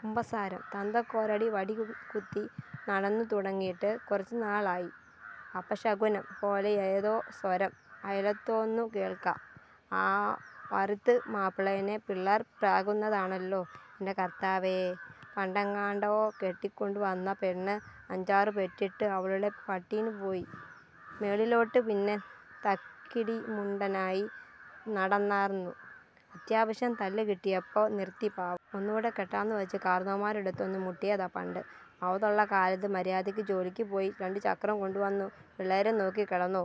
കുമ്പസാരം " തന്തക്കൊരണ്ടി വടീംകുത്തി നടന്നുതുടങ്ങീട്ട് കുറച്ചുനാളായി ". അപശകുനം പോലെയേതോ സ്വരം അയലോത്തുന്നു കേൾക്കാം. ആ വറീത് മാപ്പ്ളേനെ പിള്ളേർ പ്രാകുന്നതാണല്ലോ എന്‍റെ കർത്താവേ! പണ്ടെങ്ങാണ്ടോ കെട്ടിക്കൊണ്ടുവന്ന പെണ്ണ് അഞ്ചാറുപെറ്റിട്ട് അവളുടെ പാട്ടിനുപോയി, മേളിലോട്ട്. പിന്നെ തക്കിടിമുണ്ടനായി നടന്നാർന്നു, അത്യാവശ്യം തല്ല്കിട്ടിയപ്പോ നിർത്തി. പാവം. ഒന്നൂടെ കെട്ടാംന്ന് വച്ച് കാർന്നോമാരടടുത്തൊന്നു മുട്ടീതാ, പണ്ട് ആവതൊള്ളകാലത്ത്! " മര്യാതയ്ക്ക് ജോലിക്ക് പോയി രണ്ടു ചക്രോം കൊണ്ടുവന്നു പിള്ളേരേം നോക്കി കെടന്നോ.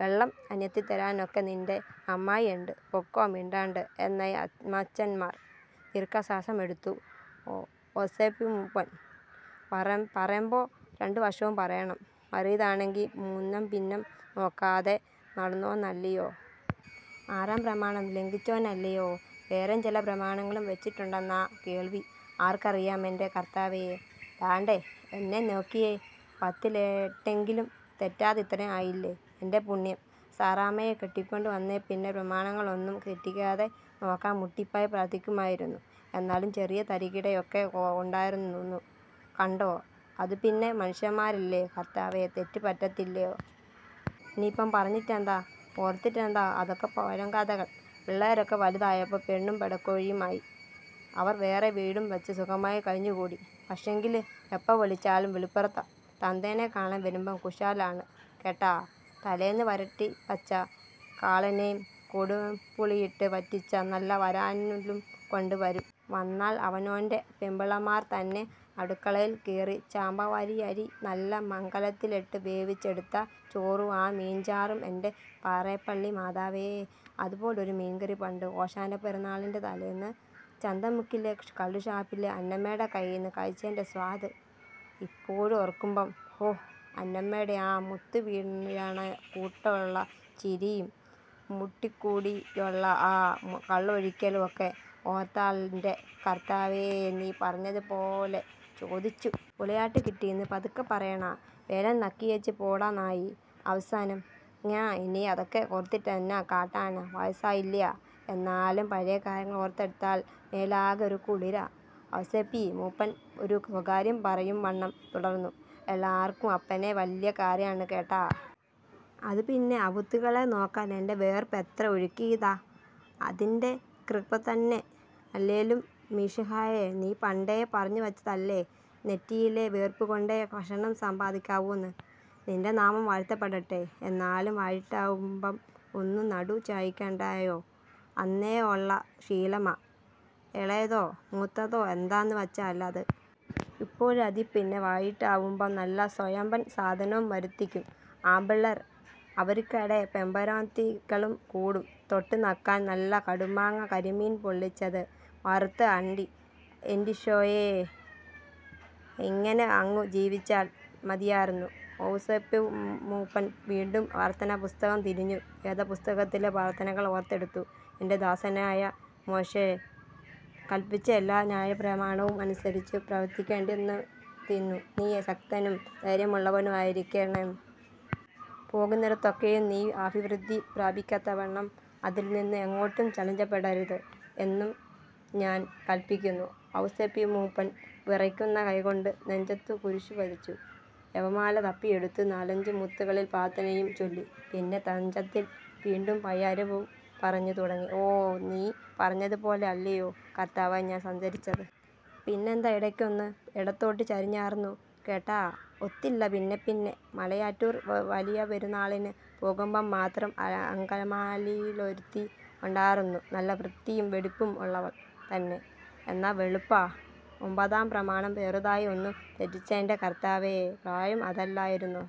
വെള്ളം അനത്തിത്തരാനക്കൊണ്ട് നിന്‍റെ അമ്മായീണ്ട്. പൊക്കോ, മിണ്ടാണ്ടെ '', എന്നായി അമ്മാച്ചന്‍മാര്‍. ദീർഘശ്വാസമെടുത്തു ഔസേപ്പിമൂപ്പൻ. പറേമ്പോ രണ്ടുവശവും പറേണം. വറീതാണെങ്കി മുന്നംപിന്നം നോക്കാതെ നടന്നോനല്ലിയോ. ആറാംപ്രമാണം ലംഘിച്ചോനല്ലിയോ. വേറേം ചെല പ്രമാണങ്ങളും വെട്ടിച്ചിട്ടൊണ്ടെന്നാ കേൾവി. ആർക്കറിയാമെന്‍റെ കർത്താവേ. ദാണ്ടേ, എന്നെ നോക്കിയേ, പത്തിലെട്ടെങ്കിലും തെറ്റാതെ ഇത്രേം ആയില്ലേ. എന്‍റെ പുണ്യം. സാറാമ്മയെ കെട്ടിക്കൊണ്ട് വന്നേപ്പിന്നെ പ്രമാണങ്ങളൊന്നും തെറ്റിക്കാതെ നോക്കാൻ മുട്ടിപ്പായി പ്രാർത്ഥിക്കുമായിരുന്നു. എന്നാലും ചെറിയ തരികിടയൊക്കെ ഒണ്ടാർന്നൂന്നു കണ്ടോ. അതുപിന്നെ മനുഷ്യമ്മാരല്യോ കർത്താവേ തെറ്റ് പറ്റത്തില്ല്യോ? " ഇനീപ്പം പറഞ്ഞിട്ടെന്താ, ഓർത്തിട്ടെന്താ. അതൊക്കെ പഴംകഥകള്‍. പിള്ളേരൊക്കെ വല്തായപ്പോ പെണ്ണും പെടക്കോഴീമായി. അവര്‍ വേറെ വീടും വച്ച് സുഖായി കഴിഞ്ഞുകൂടി, പക്ഷേങ്കില്, എപ്പോ വിളിച്ചാലും വിളിപ്പുറത്താ. തന്തേനെ കാണാൻ വരുമ്പം കുശാലാണ് കേട്ടാ. തലേന്ന് വരട്ടിവച്ച കാളേനേം കൊടംപുളിയിട്ട് വറ്റിച്ച നല്ല വരാലും കൊണ്ട് വരും. വന്നാല്‍ അവനോന്‍റെ പെമ്പിളമാർ തന്നെ അടുക്കളേല് കേറി ചമ്പാവരിയരി നല്ല മങ്കലത്തിലിട്ട് വേവിച്ചെടുത്ത ചോറും ആ മീൻചാറും, എന്‍റെ പാറേപ്പള്ളി മാതാവേ, അതുപോലൊരു മീൻകറി പണ്ട് ഓശാനപെരുന്നാളിന്‍റെ തലേന്ന്, ചന്തമുക്കിലെ കള്ളുഷാപ്പിലെ അന്നമ്മേടെ കയ്യീന്ന് കഴിച്ചേന്റെ സ്വാദ്! ഇപ്പോഴും ഓർക്കുമ്പം, ഹോ! അന്നമ്മേടെ ആ മുത്തുവീഴണകൂട്ടൊള്ള ചിരീം മുട്ടിക്കൂടിയൊള്ള ആ കള്ളൊഴിക്കലും ഒക്കെ ഓർത്താൽ ന്‍റെ കർത്താവേ, നീ പറഞ്ഞത് പോലെ, ചോദിച്ചു. പുലയാട്ട് കിട്ടീന്ന് പതുക്കെ പറയണാ. വേണേൽ നക്കിയേച്ച് പോടാന്നായി അവസാനം. ങ്ഹാ, ഇനി അതൊക്ക ഓർത്തിട്ടെന്നാ കാട്ടാനാ. വയസ്സായില്യോ, എന്നാലും പഴേ കാര്യങ്ങള് ഓർത്തെടുത്താൽ മേലാകെ ഒരു കുളിരാ ". ഔസേപ്പി മൂപ്പൻ ഒരു സ്വകാര്യം പറയുംവണ്ണം തുടർന്നു. " എല്ലാർക്കും അപ്പനെ വലിയ കാര്യാണ് കേട്ടാ. അതുപിന്നെ അവുത്തുങ്ങളെ നോക്കാൻ എന്‍റെ വേർപ്പ് എത്ര ഒഴുക്കീതാ. അതിന്‍റെ കൃപതന്നെ. അല്ലേലും മിശിഹായേ നീ പണ്ടേ പറഞ്ഞുവച്ചതല്ലേ, നെറ്റിയിലെ വേർപ്പുകൊണ്ടേ ഭക്ഷണം സമ്പാദിക്കാവൂന്ന്. നിന്‍റെ നാമം വാഴ്ത്തപ്പെടട്ടെ. എന്നാലും വയ്യിട്ടാവുമ്പം ഒന്നു നടു ചായ്ക്കണ്ടായോ? അന്നേ ഒള്ള ശീലമാ, എളേതോ മൂത്തതോ എന്താന്ന് വച്ചാലത്. ഇപ്പോഴായതീപിന്നെ വയ്യിട്ടാവുമ്പം നല്ല സൊയമ്പൻ സാധനോം വരുത്തിക്കും ആമ്പിള്ളേർ. അവരിക്കടെ പെമ്പറൊന്നോത്തികളും കൂടും. തൊട്ട്നക്കാൻ നല്ല കടുമാങ്ങ, കരിമീൻ പൊള്ളിച്ചത്, വറുത്ത അണ്ടി, എന്റീശോയേ ഇങ്ങനെ അങ്ങു ജീവിച്ചാൽ മതിയാർന്നു ". ഔസേപ്പിമൂപ്പൻ വീണ്ടും പ്രാർത്ഥനാപുസ്തകം തിരഞ്ഞു. വേദപുസ്തകത്തിലെ പ്രാർത്ഥനകൾ ഓർത്തെടുത്തു. " എന്‍റെ ദാസനായ മോശെ കല്പിച്ച എല്ലാ ന്യായപ്രമാണവും അനുസരിച്ചു പ്രവർത്തിക്കേണ്ടതിന്നു നീ ശക്തനും ധൈര്യവുമുള്ളവനായിരിക്കേണം. പോകുന്നിടത്തൊക്കെയും നീ അഭിവൃദ്ധി പ്രാപിക്കത്തക്കവണ്ണം അതിൽനിന്നു എങ്ങോട്ടും ചഞ്ചലപ്പെടരുത് എന്നും ഞാൻ കല്പിക്കുന്നു ". ഔസേപ്പിമൂപ്പൻ വിറയ്ക്കുന്ന കൈകൊണ്ട് നെഞ്ചത്തു കുരിശുവരച്ചു. ജപമാല തപ്പിയെടുത്തു നാലഞ്ചു മുത്തുകളിൽ പ്രാർത്ഥനയും ചൊല്ലി. പിന്നെ തഞ്ചത്തിൽ വീണ്ടും പയ്യാരവും പറഞ്ഞു തുടങ്ങി. " ഓ, നീ പറഞ്ഞത്പോലെ അല്ലിയോ കർത്താവേ ഞാൻ സഞ്ചരിച്ചത്! പിന്നെന്താ, ഇടയ്ക്കൊന്നു എടത്തോട്ട് ചരിഞ്ഞാർന്നു കേട്ടാ. ഒത്തില്ല. പിന്നെപ്പിന്നെ, മലയാറ്റൂര്‍ വലിയപെരുന്നാളിന് പോകുമ്പം മാത്രം, അങ്കമാലീലൊരുത്തി ഒണ്ടാർന്നു. നല്ല വൃത്തീം വെടിപ്പും ഒള്ളവൾ തന്നെ. എന്നാ വെളുപ്പാ, ഒമ്പതാം പ്രമാണം ചെറുതായി ഒന്നു തെറ്റിച്ചെന്റെ കർത്താവേ. പ്രായം അതല്ലായിരുന്നോ.